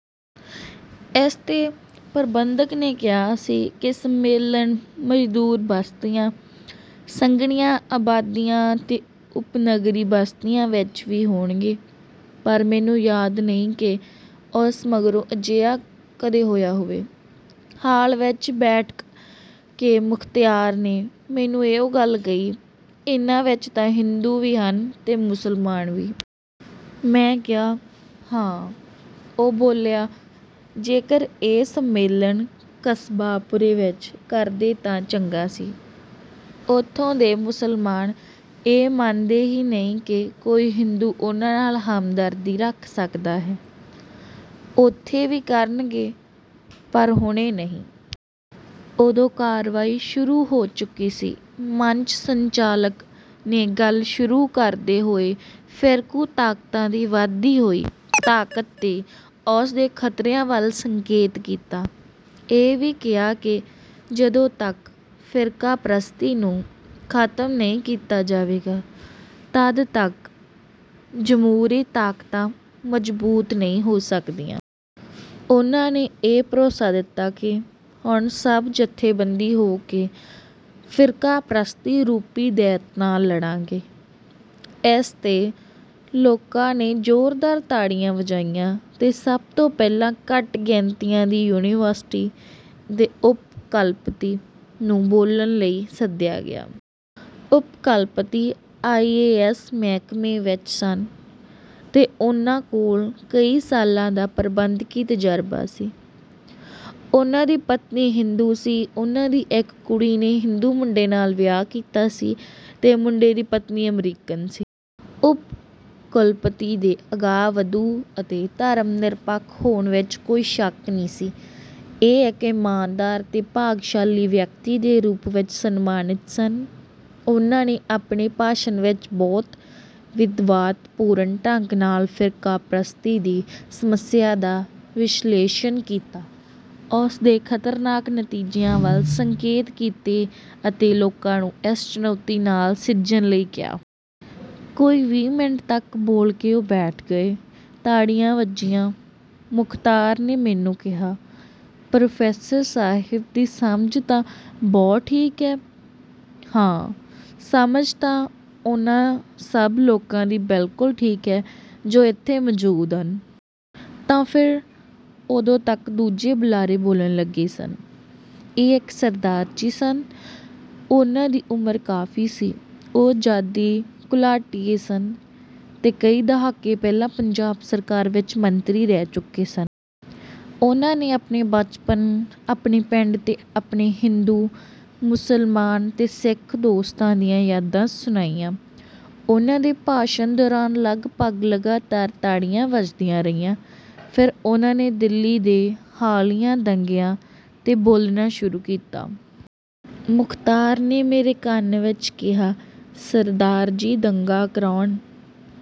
ਇਸ 'ਤੇ ਪ੍ਰਬੰਧਕ ਨੇ ਕਿਹਾ ਸੀ ਕਿ ਸੰਮੇਲਨ ਮਜ਼ਦੂਰ ਬਸਤੀਆਂ, ਸੰਘਣੀਆਂ ਆਬਾਦੀਆਂ ਅਤੇ ਉਪਨਗਰੀ ਬਸਤੀਆਂ ਵਿੱਚ ਵੀ ਹੋਣਗੇ, ਪਰ ਮੈਨੂੰ ਯਾਦ ਨਹੀਂ ਕਿ ਉਸ ਮਗਰੋਂ ਅਜਿਹਾ ਕਦੇ ਹੋਇਆ ਹੋਵੇ। ਹਾਲ ਵਿੱਚ ਬੈਠ ਕੇ ਮੁਖ਼ਤਾਰ ਨੇ ਮੈਨੂੰ ਇਹੋ ਗੱਲ ਕਹੀ, "ਇਹਨਾਂ ਵਿੱਚ ਤਾਂ ਹਿੰਦੂ ਵੀ ਹਨ ਅਤੇ ਮੁਸਲਮਾਨ ਵੀ।" ਮੈਂ ਕਿਹਾ, "ਹਾਂ!" ਉਹ ਬੋਲਿਆ, "ਜੇਕਰ ਇਹ ਸੰਮੇਲਨ ਕਸਾਬਪੁਰੇ ਵਿੱਚ ਕਰਦੇ ਤਾਂ ਚੰਗਾ ਸੀ। ਉੱਥੋਂ ਦੇ ਮੁਸਲਮਾਨ ਇਹ ਮੰਨਦੇ ਹੀ ਨਹੀਂ ਕਿ ਕੋਈ ਹਿੰਦੂ ਉਹਨਾਂ ਨਾਲ਼ ਹਮਦਰਦੀ ਰੱਖ ਸਕਦਾ ਹੈ।" "ਉੱਥੇ ਵੀ ਕਰਨਗੇ, ਪਰ ਹੁਣੇ ਨਹੀਂ।" ਉਦੋਂ ਕਾਰਵਾਈ ਸ਼ੁਰੂ ਹੋ ਚੁੱਕੀ ਸੀ। ਮੰਚ ਸੰਚਾਲਕ ਨੇ ਗੱਲ ਸ਼ੁਰੂ ਕਰਦੇ ਹੋਏ ਫ਼ਿਰਕੂ ਤਾਕਤਾਂ ਦੀ ਵਧਦੀ ਹੋਈ ਤਾਕਤ ਅਤੇ ਉਸ ਦੇ ਖ਼ਤਰਿਆਂ ਵੱਲ ਸੰਕੇਤ ਕੀਤਾ। ਇਹ ਵੀ ਕਿਹਾ ਕਿ ਜਦੋਂ ਤੱਕ ਫ਼ਿਰਕਾਪ੍ਰਸਤੀ ਨੂੰ ਖ਼ਤਮ ਨਹੀਂ ਕੀਤਾ ਜਾਵੇਗਾ, ਤਦ ਤੱਕ ਜਮਹੂਰੀ ਤਾਕਤਾਂ ਮਜ਼ਬੂਤ ਨਹੀਂ ਹੋ ਸਕਦੀਆਂ। ਉਹਨਾਂ ਨੇ ਇਹ ਭਰੋਸਾ ਦਿੱਤਾ ਕਿ ਹੁਣ ਸਭ ਜਥੇਬੰਦ ਹੋ ਕੇ ਫ਼ਿਰਕਾਪ੍ਰਸਤੀ ਰੂਪੀ ਦੈਤ ਨਾਲ਼ ਲੜਾਂਗੇ। ਇਸ 'ਤੇ ਲੋਕਾਂ ਨੇ ਜ਼ੋਰਦਾਰ ਤਾੜੀਆਂ ਵਜਾਈਆਂ ਅਤੇ ਸਭ ਤੋਂ ਪਹਿਲਾਂ ਘੱਟ ਗਿਣਤੀਆਂ ਦੀ ਯੂਨੀਵਰਸਿਟੀ ਦੇ ਉੱਪ-ਕੁਲਪਤੀ ਨੂੰ ਬੋਲਣ ਲਈ ਸੱਦਿਆ ਗਿਆ। ਉੱਪ-ਕੁਲਪਤੀ ਆਈ. ਏ. ਐੱਸ. ਮਹਿਕਮੇ ਵਿੱਚ ਸਨ ਅਤੇ ਉਹਨਾਂ ਕੋਲ ਕਈ ਸਾਲਾਂ ਦਾ ਪ੍ਰਬੰਧਕੀ ਤਜ਼ਰਬਾ ਸੀ। ਉਹਨਾਂ ਦੀ ਪਤਨੀ ਹਿੰਦੂ ਸੀ, ਉਹਨਾਂ ਦੀ ਇੱਕ ਕੁੜੀ ਨੇ ਹਿੰਦੂ ਮੁੰਡੇ ਨਾਲ਼ ਵਿਆਹ ਕੀਤਾ ਸੀ ਅਤੇ ਮੁੰਡੇ ਦੀ ਪਤਨੀ ਅਮਰੀਕਨ ਸੀ। ਉੱਪ-ਕੁਲਪਤੀ ਦੇ ਅਗਾਂਹਵਧੂ ਅਤੇ ਧਰਮ-ਨਿਰਪੱਖ ਹੋਣ ਵਿੱਚ ਕੋਈ ਸ਼ੱਕ ਨਹੀਂ ਸੀ। ਉਹ ਇੱਕ ਇਮਾਨਦਾਰ ਅਤੇ ਭਾਗਸ਼ਾਲੀ ਵਿਅਕਤੀ ਦੇ ਰੂਪ ਵਿੱਚ ਸਨਮਾਨਿਤ ਸਨ। ਉਹਨਾਂ ਨੇ ਆਪਣੇ ਭਾਸ਼ਣ ਵਿੱਚ ਬਹੁਤ ਵਿਦਵਤਾਪੂਰਨ ਢੰਗ ਨਾਲ਼ ਫ਼ਿਰਕਾਪ੍ਰਸਤੀ ਦੀ ਸਮੱਸਿਆ ਦਾ ਵਿਸ਼ਲੇਸ਼ਣ ਕੀਤਾ, ਉਸ ਦੇ ਖ਼ਤਰਨਾਕ ਨਤੀਜਿਆਂ ਵੱਲ ਸੰਕੇਤ ਕੀਤੇ ਅਤੇ ਲੋਕਾਂ ਨੂੰ ਇਸ ਚੁਣੌਤੀ ਨਾਲ਼ ਸਿੱਝਣ ਲਈ ਕਿਹਾ। ਕੋਈ ਵੀਹ ਮਿੰਟ ਤੱਕ ਬੋਲ ਕੇ ਉਹ ਬੈਠ ਗਏ। ਤਾੜੀਆਂ ਵੱਜੀਆਂ। ਮੁਖ਼ਤਾਰ ਨੇ ਮੈਨੂੰ ਕਿਹਾ, "ਪ੍ਰੋਫ਼ੈਸਰ ਸਾਹਿਬ ਦੀ ਸਮਝ ਤਾਂ ਬਹੁਤ ਠੀਕ ਹੈ।" "ਹਾਂ, ਸਮਝ ਤਾਂ ਉਹਨਾਂ ਸਭ ਲੋਕਾਂ ਦੀ ਬਿਲਕੁਲ ਠੀਕ ਹੈ ਜੋ ਇੱਥੇ ਮੌਜੂਦ ਹਨ।" "ਤਾਂ ਫਿਰ?" ਉਦੋਂ ਤੱਕ ਦੂਜੇ ਬੁਲਾਰੇ ਬੋਲਣ ਲੱਗੇ ਸਨ। ਇਹ ਇੱਕ ਸਰਦਾਰ ਜੀ ਸਨ। ਉਹਨਾਂ ਦੀ ਉਮਰ ਕਾਫ਼ੀ ਸੀ। ਉਹ ਆਜ਼ਾਦੀ ਘੁਲਾਟੀਏ ਸਨ ਅਤੇ ਕਈ ਦਹਾਕੇ ਪਹਿਲਾਂ ਪੰਜਾਬ ਸਰਕਾਰ ਵਿੱਚ ਮੰਤਰੀ ਰਹਿ ਚੁੱਕੇ ਸਨ। ਉਹਨਾਂ ਨੇ ਆਪਣੇ ਬਚਪਨ, ਆਪਣੇ ਪਿੰਡ ਅਤੇ ਆਪਣੇ ਹਿੰਦੂ, ਮੁਸਲਮਾਨ ਤੇ ਸਿੱਖ ਦੋਸਤਾਂ ਦੀਆਂ ਯਾਦਾਂ ਸੁਣਾਈਆਂ। ਉਹਨਾਂ ਦੇ ਭਾਸ਼ਣ ਦੌਰਾਨ ਲਗਭਗ ਲਗਾਤਾਰ ਤਾੜੀਆਂ ਵੱਜਦੀਆਂ ਰਹੀਆਂ। ਫ਼ਿਰ ਉਹਨਾਂ ਨੇ ਦਿੱਲੀ ਦੇ ਹਾਲੀਆ ਦੰਗਿਆਂ 'ਤੇ ਬੋਲਣਾ ਸ਼ੁਰੂ ਕੀਤਾ। ਮੁਖ਼ਤਾਰ ਨੇ ਮੇਰੇ ਕੰਨ ਵਿੱਚ ਕਿਹਾ, "ਸਰਦਾਰ ਜੀ ਦੰਗਾ ਕਰਾਉਣ